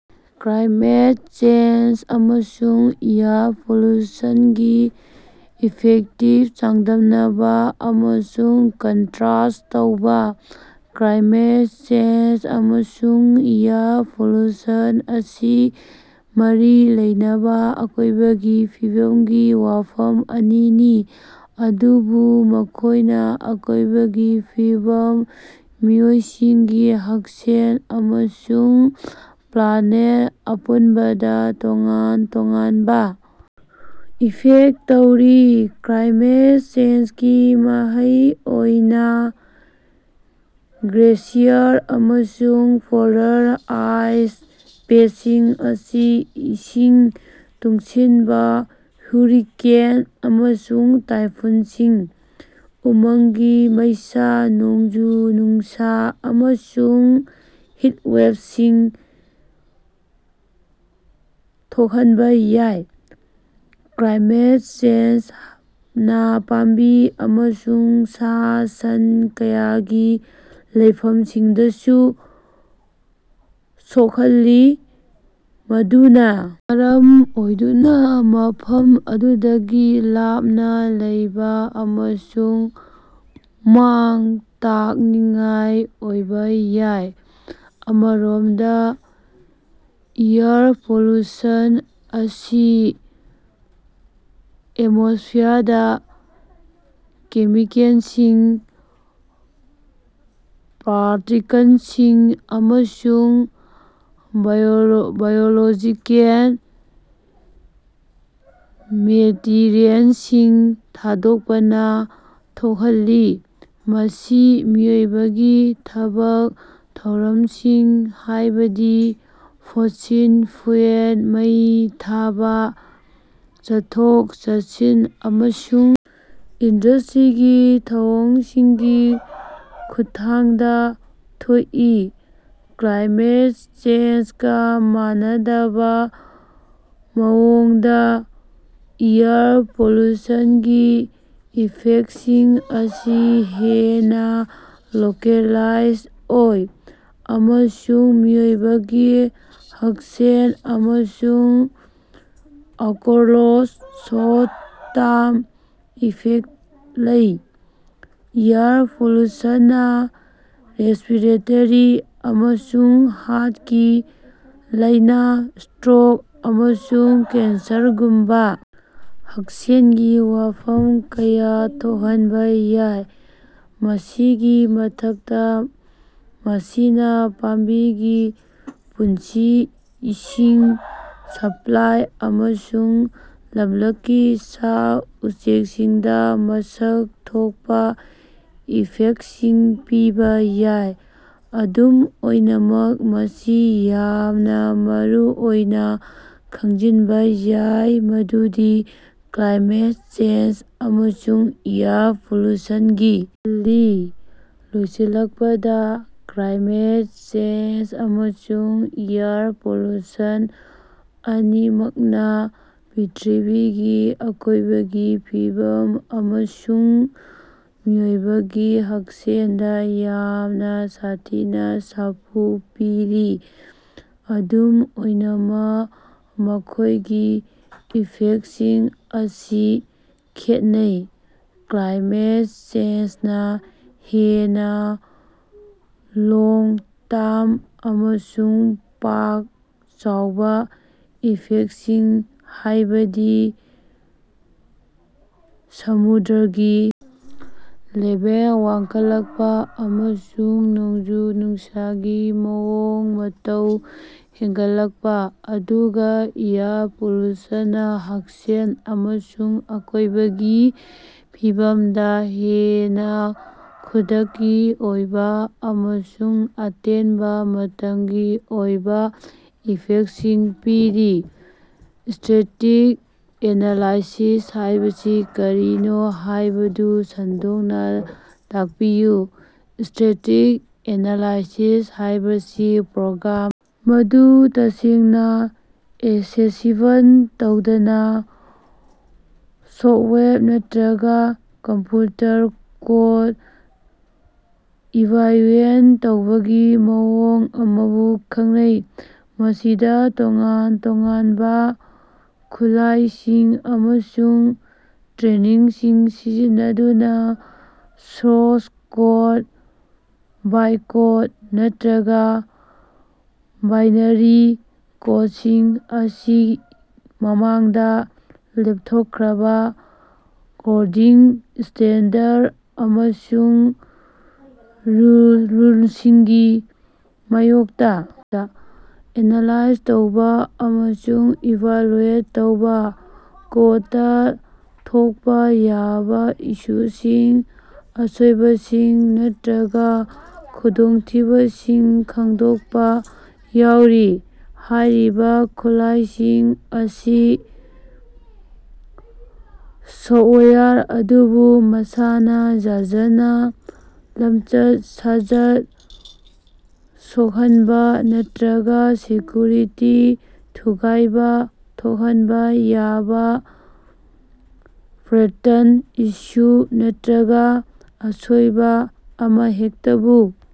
Climate change ꯑꯃꯁꯨꯡ air ꯄꯣꯂ꯭ꯌꯨꯁꯟꯒꯤ ꯏꯐꯦꯛꯇꯁꯤꯡ ꯆꯥꯡꯗꯝꯅꯕ ꯑꯃꯁꯨꯡ ꯀꯟꯇ꯭ꯔꯥꯁꯠ ꯇꯧꯕ- ꯀ꯭ꯂꯥꯏꯃꯦꯠ ꯆꯦꯟꯖ ꯑꯃꯁꯨꯡ ꯑꯦꯌꯔ ꯄꯣꯂ꯭ꯌꯨꯁꯟ ꯑꯁꯤ ꯃꯔꯤ ꯂꯩꯅꯕ ꯑꯀꯣꯏꯕꯒꯤ ꯐꯤꯕꯝꯒꯤ ꯋꯥꯐꯝ ꯑꯅꯤꯅꯤ ꯑꯗꯨꯕꯨ ꯃꯈꯣꯏꯅ ꯑꯀꯣꯏꯕꯒꯤ ꯐꯤꯕꯝ, ꯃꯤꯑꯣꯏꯁꯤꯡꯒꯤ ꯍꯛꯁꯦꯜ ꯑꯃꯁꯨꯡ ꯄ꯭ꯂꯥꯅꯦꯠ ꯑꯄꯨꯟꯕꯗ ꯇꯣꯉꯥꯟ ꯇꯣꯉꯥꯟꯕ ꯏꯐꯦꯛꯇ ꯇꯧꯔꯤ꯫ ꯀ꯭ꯂꯥꯏꯃꯦꯠ ꯆꯦꯟꯖꯀꯤ ꯃꯍꯩ ꯑꯣꯏꯅ ꯒ꯭ꯂꯦꯁꯤꯌꯔ ꯑꯃꯁꯨꯡ ꯄꯣꯂꯔ ꯑꯥꯏꯁ ꯀꯦꯞꯁꯤꯡ ꯑꯁꯤ ꯏꯁꯤꯡ ꯇꯨꯡꯁꯤꯟꯕ, ꯍ꯭ꯌꯨꯔꯤꯀꯦꯟ ꯑꯃꯁꯨꯡ ꯇꯥꯏꯐꯨꯟꯁꯤꯡ, ꯎꯃꯪꯒꯤ ꯃꯩꯁꯥ, ꯅꯣꯡꯖꯨ-ꯅꯨꯡꯁꯥ ꯑꯃꯁꯨꯡ ꯍꯤꯠꯋꯦꯐꯁꯤꯡ ꯊꯣꯛꯍꯟꯕ ꯌꯥꯏ꯫ ꯀ꯭ꯂꯥꯏꯃꯦꯠ ꯆꯦꯟꯖꯅ ꯄꯥꯝꯕꯤ ꯑꯃꯁꯨꯡ ꯁꯥ-ꯁꯟ ꯀꯌꯥꯒꯤ ꯂꯩꯐꯝꯁꯤꯡꯗꯁꯨ ꯁꯣꯛꯍꯜꯂꯤ꯫ ꯃꯗꯨꯅ ꯃꯔꯝ ꯑꯣꯏꯗꯨꯅ ꯃꯐꯝ ꯑꯗꯨꯗꯒꯤ ꯂꯥꯞꯅ ꯂꯩꯕ ꯑꯃꯁꯨꯡ ꯃꯥꯡ-ꯇꯥꯛꯅꯤꯡꯉꯥꯏ ꯑꯣꯏꯕ ꯌꯥꯏ꯫ ꯑꯃꯔꯣꯝꯗ ꯑꯦꯌꯔ ꯄꯣꯂ꯭ꯌꯨꯁꯟ ꯑꯁꯤ ꯑꯦꯠꯃꯣꯁ꯭ꯐꯤꯌꯔꯗ ꯀꯦꯃꯤꯀꯦꯜꯁꯤꯡ, ꯄꯥꯔꯇꯤꯀꯜꯁꯤꯡ ꯑꯃꯁꯨꯡ ꯕꯥꯏꯑꯣꯂꯣꯖꯤꯀꯦꯜ ꯃꯦꯇꯤꯔꯤꯑꯦꯜꯁꯤꯡ ꯊꯥꯗꯣꯛꯄꯅ ꯊꯣꯛꯍꯜꯂꯤ꯫ ꯃꯁꯤ ꯃꯤꯑꯣꯏꯕꯒꯤ ꯊꯕꯛ ꯊꯧꯔꯝꯁꯤꯡ ꯍꯥꯏꯕꯗꯤ ꯐꯣꯁꯤꯜ ꯐꯨꯑꯦꯜ ꯃꯩ ꯊꯥꯕ, ꯆꯠꯊꯣꯛ-ꯆꯠꯁꯤꯟ ꯑꯃꯁꯨꯡ ꯏꯟꯗꯁꯇ꯭ꯔꯤꯒꯤ ꯊꯧꯑꯣꯡꯁꯤꯡꯒꯤ ꯈꯨꯠꯊꯥꯡꯗ ꯊꯣꯛꯏ꯫ ꯀ꯭ꯂꯥꯏꯃꯦꯠ ꯆꯦꯟꯖꯀ ꯃꯥꯟꯅꯗꯕ ꯃꯑꯣꯡꯗ ꯑꯦꯌꯔ ꯄꯣꯂ꯭ꯌꯨꯁꯟꯒꯤ ꯏꯐꯦꯛꯇꯁꯤꯡ ꯑꯁꯤ ꯍꯦꯟꯅ ꯂꯣꯀꯦꯜꯂꯥꯏꯖ ꯑꯣꯏ ꯑꯃꯁꯨꯡ ꯃꯤꯑꯣꯏꯕꯒꯤ ꯍꯛꯁꯦꯜ ꯑꯃꯁꯨꯡ ꯑꯀꯣꯏꯔꯣꯟꯗ ꯁꯣꯔꯠ ꯇꯔꯝ ꯏꯐꯦꯛꯇ ꯂꯩ꯫ ꯑꯦꯌꯔ ꯄꯣꯂ꯭ꯌꯨꯁꯟꯅ ꯔꯦꯁ꯭ꯄꯤꯔꯦꯇꯣꯔꯤ ꯑꯃꯁꯨꯡ ꯍꯥꯔꯠꯀꯤ ꯂꯥꯏꯅꯥ, ꯁꯇ꯭ꯔꯣꯛ ꯑꯃꯁꯨꯡ ꯀꯦꯟꯁꯔꯒꯨꯝꯕ ꯍꯛꯁꯦꯜꯒꯤ ꯋꯥꯐꯝ ꯀꯌꯥ ꯊꯣꯛꯍꯟꯕ ꯌꯥꯏ꯫ ꯃꯁꯤꯒꯤ ꯃꯊꯛꯇ ꯃꯁꯤꯅ ꯄꯥꯝꯕꯤꯒꯤ ꯄꯨꯟꯁꯤ, ꯏꯁꯤꯡ ꯁꯄ꯭ꯂꯥꯏ ꯑꯃꯁꯨꯡ ꯂꯝꯂꯛꯀꯤ ꯁꯥ-ꯎꯆꯦꯛꯁꯤꯡꯗ ꯃꯁꯛ ꯊꯣꯛꯄꯥ ꯏꯐꯦꯛꯇꯁꯤꯡ ꯄꯤꯕ ꯌꯥꯏ꯫ ꯑꯗꯨꯝ ꯑꯣꯏꯅꯃꯛ ꯃꯁꯤ ꯌꯥꯝꯅ ꯃꯔꯨꯑꯣꯏꯅ ꯈꯪꯖꯤꯟꯕ ꯌꯥꯏ ꯃꯗꯨꯗꯤ ꯀ꯭ꯂꯥꯏꯃꯦꯠ ꯆꯦꯟꯖ ꯑꯃꯁꯨꯡ ꯑꯦꯌꯔ ꯄꯣꯂ꯭ꯌꯨꯁꯟꯒꯤ ꯊꯣꯛꯍꯜꯂꯤ꯫ ꯂꯣꯏꯁꯤꯜꯂꯛꯄꯗ, ꯀ꯭ꯂꯥꯏꯃꯦꯠ ꯆꯦꯟꯖ ꯑꯃꯁꯨꯡ ꯑꯦꯌꯔ ꯄꯣꯂ꯭ꯌꯨꯁꯟ ꯑꯅꯤꯃꯛꯅ ꯄ꯭ꯔꯤꯊꯤꯕꯤꯒꯤ ꯑꯀꯣꯏꯕꯒꯤ ꯐꯤꯕꯝ ꯑꯃꯁꯨꯡ ꯃꯤꯑꯣꯏꯕꯒꯤ ꯍꯛꯁꯦꯜꯗ ꯌꯥꯝꯅ ꯁꯥꯊꯤꯅ ꯁꯥꯐꯨ ꯄꯤꯔꯤ꯫ ꯑꯗꯨꯝ ꯑꯣꯏꯅꯃꯛ ꯃꯈꯣꯏꯒꯤ ꯏꯐꯦꯛꯇꯁꯤꯡ ꯑꯁꯤ ꯈꯦꯠꯅꯩ꯫ ꯀ꯭ꯂꯥꯏꯃꯦꯠ ꯆꯦꯟꯖꯅ ꯍꯦꯟꯅ ꯂꯣꯡ-ꯇꯔꯝ ꯑꯃꯁꯨꯡ ꯄꯥꯛ-ꯆꯥꯎꯕ ꯏꯐꯦꯛꯇꯁꯤꯡ ꯍꯥꯏꯕꯗꯤ ꯁꯃꯨꯗ꯭ꯔꯒꯤ ꯂꯦꯚꯦꯜ ꯋꯥꯡꯈꯠꯂꯛꯄ ꯑꯃꯁꯨꯡ ꯅꯣꯡꯖꯨ-ꯅꯨꯡꯁꯥꯒꯤ ꯃꯑꯣꯡ-ꯃꯇꯧ ꯍꯦꯟꯒꯜꯂꯛꯄ ꯑꯗꯨꯒ ꯑꯦꯌꯔ ꯄꯣꯂ꯭ꯌꯨꯁꯟꯅ ꯍꯛꯁꯦꯜ ꯑꯃꯁꯨꯡ ꯑꯀꯣꯏꯕꯒꯤ ꯐꯤꯕꯝꯗ ꯍꯦꯟꯅ ꯈꯨꯗꯛꯀꯤ ꯑꯣꯏꯕ ꯑꯃꯁꯨꯡ ꯑꯇꯦꯟꯕ ꯃꯇꯝꯒꯤ ꯑꯣꯏꯕ ꯏꯐꯦꯛꯇꯁꯤꯡ ꯄꯤꯔꯤ꯫ ꯁ꯭ꯇꯦꯇꯤꯛ ꯑꯦꯅꯂꯥꯏꯁꯤꯁ ꯍꯥꯏꯕꯁꯤ ꯀꯔꯤꯅꯣ ꯍꯥꯏꯕꯗꯨ ꯁꯟꯗꯣꯛꯅ ꯇꯥꯛꯄꯤꯌꯨ꯫ ꯁ꯭ꯇꯦꯇꯤꯛ ꯑꯦꯅꯂꯥꯏꯁꯤꯁ ꯍꯥꯏꯕꯁꯤꯅ ꯄ꯭ꯔꯣꯒ꯭ꯔꯥꯝ ꯑꯗꯨ ꯇꯁꯦꯡꯅ ꯑꯦꯛꯁꯦꯁꯤꯕꯜ ꯇꯧꯗꯅ ꯁꯣꯐꯠꯋꯦꯔ ꯅꯠꯇ꯭ꯔꯒ ꯀꯝꯄ꯭ꯌꯨꯇꯔ ꯀꯣꯗ ꯏꯚꯥꯂ꯭ꯌꯨꯑꯦꯠ ꯇꯧꯕꯒꯤ ꯃꯑꯣꯡ ꯑꯃꯕꯨ ꯈꯪꯅꯩ꯫ ꯃꯁꯤꯗ ꯇꯣꯉꯥꯟ-ꯇꯣꯉꯥꯟꯕ ꯈꯨꯠꯂꯥꯏꯁꯤꯡ ꯑꯃꯁꯨꯡ ꯇꯦꯛꯅꯤꯛꯁꯤꯡ ꯁꯤꯖꯤꯟꯅꯗꯨꯅ ꯁꯣꯔꯁ ꯀꯣꯗ, ꯕꯥꯏꯠꯀꯣꯗ ꯅꯠꯇ꯭ꯔꯒ ꯕꯥꯏꯅꯔꯤ ꯀꯣꯗꯁꯤꯡ ꯑꯁꯤ ꯃꯃꯥꯡꯗ ꯂꯦꯞꯊꯣꯛꯈ꯭ꯔꯕ ꯀꯣꯗꯤꯡ ꯁ꯭ꯇꯦꯟꯗꯔꯗ ꯑꯃꯁꯨꯡ ꯔꯨꯜꯁꯤꯡꯒꯤ ꯃꯥꯏꯌꯣꯛꯇ ꯑꯦꯅꯂꯥꯏꯖ ꯇꯧꯕ ꯑꯃꯁꯨꯡ ꯏꯚꯥꯂꯨꯑꯦꯠ ꯇꯧꯕ, ꯀꯣꯗꯇ ꯊꯣꯛꯄ ꯌꯥꯕ ꯏꯁꯨꯁꯤꯡ, ꯑꯁꯣꯏꯕꯁꯤꯡ ꯅꯠꯇ꯭ꯔꯒ ꯈꯨꯗꯣꯡꯊꯤꯕꯁꯤꯡ ꯈꯪꯗꯣꯛꯄ ꯌꯥꯎꯔꯤ꯫ ꯍꯥꯏꯔꯤꯕ ꯈꯨꯠꯂꯥꯏꯁꯤꯡ ꯑꯁꯤ ꯁꯣꯐꯇꯋꯦꯌꯔ ꯑꯗꯨꯕꯨ ꯃꯁꯥꯅ ꯌꯥꯖꯅ ꯂꯝꯆꯠ-ꯁꯥꯖꯠ ꯁꯣꯟꯊꯍꯟꯕ ꯅꯠꯇ꯭ꯔꯒ ꯁꯦꯀ꯭ꯌꯨꯔꯤꯇꯤ ꯊꯨꯒꯥꯏꯕ ꯊꯣꯛꯍꯟꯕ ꯌꯥꯕ ꯄꯦꯇꯔꯟ, ꯏꯁꯨ ꯅꯠꯇ꯭ꯔꯒ ꯑꯁꯣꯏꯕ ꯑꯃꯍꯦꯛꯇꯕꯨ